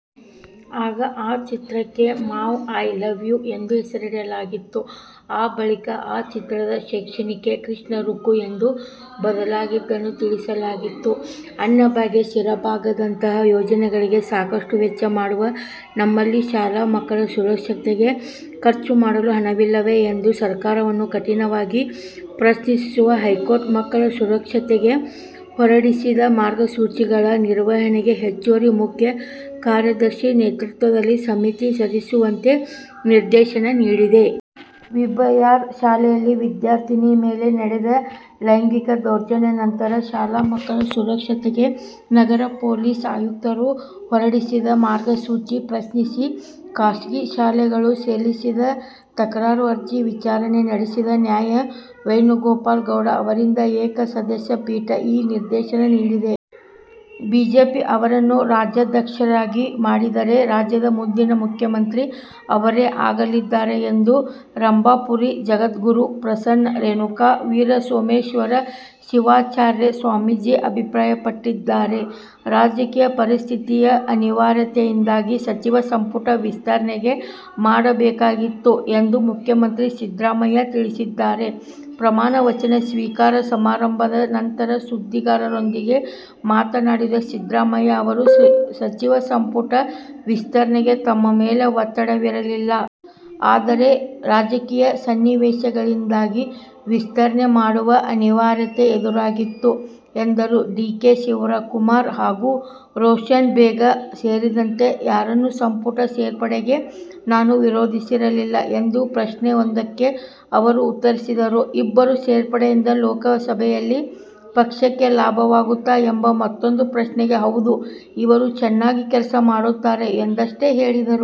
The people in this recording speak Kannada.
ಆಗ ಆ ಚಿತ್ರಕ್ಕೆ "ಮಾವ ಐ ಲವ್ ಯೂ' ಎಂದು ಹೆಸರಿಡಲಾಗಿತ್ತು. ಆ ಬಳಿಕ ಆ ಚಿತ್ರದ ಶೀರ್ಷಿಕೆ "ಕೃಷ್ಣ ರುಕ್ಕು' ಎಂದು ಬದಲಾಗಿದ್ದನ್ನೂ ತಿಳಿಸಲಾಗಿತ್ತು. ಅನ್ನಭಾಗ್ಯ, ಕ್ಷೀರಭಾಗ್ಯದಂತಹ ಯೋಜನೆಗಳಿಗೆ ಸಾಕಷ್ಟು ವೆಚ್ಚ ಮಾಡುವ ನಿಮ್ಮಲ್ಲಿ ಶಾಲಾ ಮಕ್ಕಳ ಸುರಕ್ಷತೆಗೆ ಖರ್ಚು ಮಾಡಲು ಹಣವಿಲ್ಲವೇ ಎಂದು ಸರ್ಕಾರವನ್ನು ಕಠಿಣವಾಗಿ ಪ್ರಶ್ನಿಸಿರುವ ಹೈಕೋರ್ಟ್, ಮಕ್ಕಳ ಸುರಕ್ಷತೆಗೆ ಹೊರಡಿಸಿದ ಮಾರ್ಗಸೂಚಿಗಳ ನಿರ್ವಹಣೆಗೆ ಹೆಚ್ಚುವರಿ ಮುಖ್ಯ ಕಾರ್ಯದರ್ಶಿ ನೇತೃತ್ವದಲ್ಲಿ ಸಮಿತಿ ರಚಿಸುವಂತೆ ನಿರ್ದೇಶನ ನೀಡಿದೆ. ವಿಬ್ಗಯಾರ್ ಶಾಲೆಯಲ್ಲಿ ವಿದ್ಯಾರ್ಥಿನಿ ಮೇಲೆ ನಡೆದ ಲೈಂಗಿಕ ದೌರ್ಜನ್ಯ ನಂತರ ಶಾಲಾ ಮಕ್ಕಳ ಸುರಕ್ಷತೆಗೆ ನಗರ ಪೊಲೀಸ್ ಆಯುಕ್ತರು ಹೊರಡಿಸಿದ ಮಾರ್ಗಸೂಚಿ ಪ್ರಶ್ನಿಸಿ ಖಾಸಗಿ ಶಾಲೆಗಳು ಸಲ್ಲಿಸಿದ್ದ ತಕರಾರು ಅರ್ಜಿ ವಿಚಾರಣೆ ನಡೆಸಿದ ನ್ಯಾ. ವೇಣುಗೋಪಾಲ ಗೌಡ ಅವರಿದ್ದ ಏಕ ಸದಸ್ಯ ಪೀಠ ಈ ನಿರ್ದೇಶನ ನೀಡಿದೆ. ' ಬಿಜೆಪಿ ಅವರನ್ನು ರಾಜ್ಯಾಧ್ಯಕ್ಷರನ್ನಾಗಿ ಮಾಡಿದರೆ ರಾಜ್ಯದ ಮುಂದಿನ ಮುಖ್ಯಮಂತ್ರಿ ಅವರೇ ಆಗಲಿದ್ದಾರೆ ಎಂದು ರಂಭಾಪುರಿ ಜಗದ್ಗುರು ಪ್ರಸನ್ನ ರೇಣುಕವೀರಸೋಮೇಶ್ವರ ಶಿವಾಚಾರ್ಯ ಸ್ವಾಮೀಜಿ ಅಭಿಪ್ರಾಯಪಟ್ಟಿದ್ದಾರೆ. ರಾಜಕೀಯ ಪರಿಸ್ಥಿತಿಯ ಅನಿವಾರ್ಯತೆಯಿಂದಾಗಿ ಸಚಿವ ಸಂಪುಟ ವಿಸ್ತರಣೆ ಮಾಡಬೇಕಾಯಿತು ಎಂದು ಮುಖ್ಯಮಂತ್ರಿ ಸಿದ್ದರಾಮಯ್ಯ ತಿಳಿಸಿದ್ದಾರೆ. ಪ್ರಮಾಣ ವಚನ ಸ್ವೀಕಾರ ಸಮಾರಂಭದ ನಂತರ ಸುದ್ದಿಗಾರರೊಂದಿಗೆ ಮಾತನಾಡಿದ ಸಿದ್ದರಾಮಯ್ಯ ಅವರು ಸಚಿವ ಸಂಪುಟ ವಿಸ್ತರಣೆಗೆ ತಮ್ಮ ಮೇಲೆ ಒತ್ತಡವಿರಲಿಲ್ಲ. ಆದರೆ, ರಾಜಕೀಯ ಸನ್ನಿವೇಶಗಳಿಂದಾಗಿ ವಿಸ್ತರಣೆ ಮಾಡುವ ಅನಿವಾರ್ಯತೆ ಎದುರಾಯಿತು ಎಂದರು. ಡಿ. ಕೆ. ಶಿವಕುಮಾರ್ ಹಾಗೂ ರೋಷನ್ಬೇಗ್ ಸೇರಿದಂತೆ ಯಾರನ್ನು ಸಂಪುಟ ಸೇರ್ಪಡೆಗೆ ನಾನು ವಿರೋಧಿಸಿರಲಿಲ್ಲ ಎಂದು ಪ್ರಶ್ನೆಯೊಂದಕ್ಕೆ ಅವರು ಉತ್ತರಿಸಿದರು. ಇಬ್ಬರ ಸೇರ್ಪಡೆಯಿಂದ ಲೋಕಸಭೆಯಲ್ಲಿ ಪಕ್ಷಕ್ಕೆ ಲಾಭವಾಗುತ್ತಾ ಎಂಬ ಮತ್ತೂಂದು ಪ್ರಶ್ನೆಗೆ, ಹೌದು. ಇವರು ಚೆನ್ನಾಗಿ ಕೆಲಸ ಮಾಡುತ್ತಾರೆ ಎಂದಷ್ಟೇ ಹೇಳಿದರು.